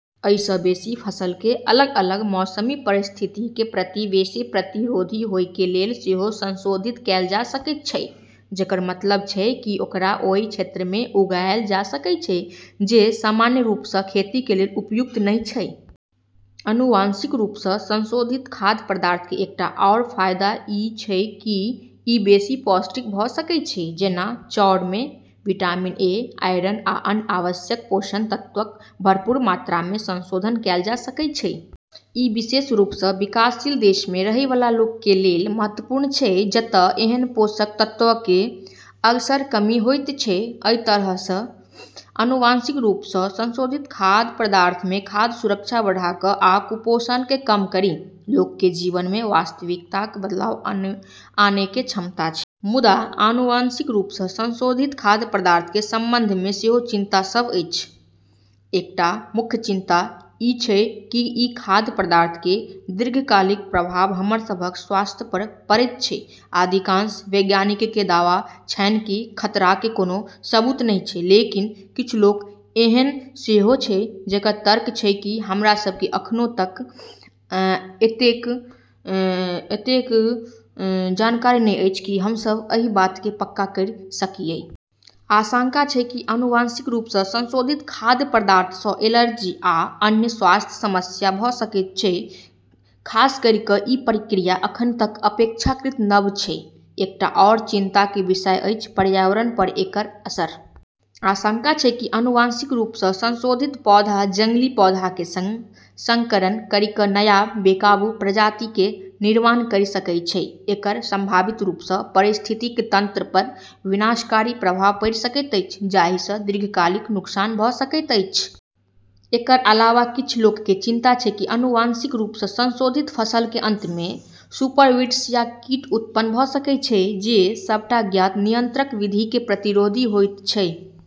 अइसँ बेशी, फसलके अलग-अलग मौसमी परिस्थितिके प्रति बेशी प्रतिरोधी होइके लेल सेहो संशोधित कैल जा सकै छै, जेकर मतलब छै कि ओकरा ओइ क्षेत्रमे उगाइल जा सकै छै जे सामान्य रूपसँ खेतीके लेल उपयुक्त नहि छै। आनुवंशिक रूपसँ संशोधित खाद्य पदार्थके एकटा आओर फाइदा ई छै कि ई बेशी पौष्टिक भ' सकै छै। जेना चाउरमे विटामिन ए, आयरन आ अन्य आवश्यक पोषक तत्वक भरपूर मात्रामे संशोधन कैल जा सकै छै। ई विशेष रूपसँ विकासशील देशमे रहैबला लोकके लेल महत्वपूर्ण छै, जत' ऐहन पोषक तत्वके अक्सर कमी होइत छै। अइ तरहसँ आनुवंशिक रूपसँ संशोधित खाद्य पदार्थमे खाद्य सुरक्षा बढ़ा क' आ कुपोषणके कम करि लोकके जीवनमे वास्तविक बदलाव आनैके क्षमता छै। मुदा, आनुवंशिक रूपसँ संशोधित खाद्य पदार्थक संबंधमे सेहो चिंता सब अछि। एकटा मुख्य चिंता ई छै कि ई खाद्य पदार्थके दीर्घकालिक प्रभाव हमर सबहक स्वास्थ्य पर पड़ैत छै। अधिकांश वैज्ञानिकके दावा छनि कि खतराके कोनो सबूत नहि छै, लेकिन किछ लोक एहन सेहो छै जेकरऽ तर्क छै कि हमरा सबके अखनि तक अतेक जानकारी नहि अछि कि हमसब एहि बातके पक्का करि सकियै। आशंका छै कि आनुवंशिक रूपसँ संशोधित खाद्य पदार्थसँ एलर्जी या अन्य स्वास्थ्य समस्या भ' सकैत छै, खासकरिके ई प्रक्रिया अखनि तक अपेक्षाकृत नव छै। एकटा आओर चिंताके विषय अछि पर्यावरण पर एकर असर। आशंका छै कि आनुवंशिक रूपसँ संशोधित पौधा जंगली पौधाके सङ्ग संकरन करिके नया, बेकाबू प्रजातिके निर्माण करि सकै छै। एकर संभावित रूपसँ पारिस्थितिकी तंत्र पर विनाशकारी प्रभाव पड़ि सकैत अछि, जाहिसँ दीर्घकालिक नुकसान भ' सकैत अछि। एकर अलावा, किछ लोकके चिंता छै कि आनुवंशिक रूपसँ संशोधित फसलके अंतमे सुपरवीड्स या कीट उत्पन्न भ' सकै छै जे सबटा ज्ञात नियंत्रण विधिके प्रतिरोधी होइत छै।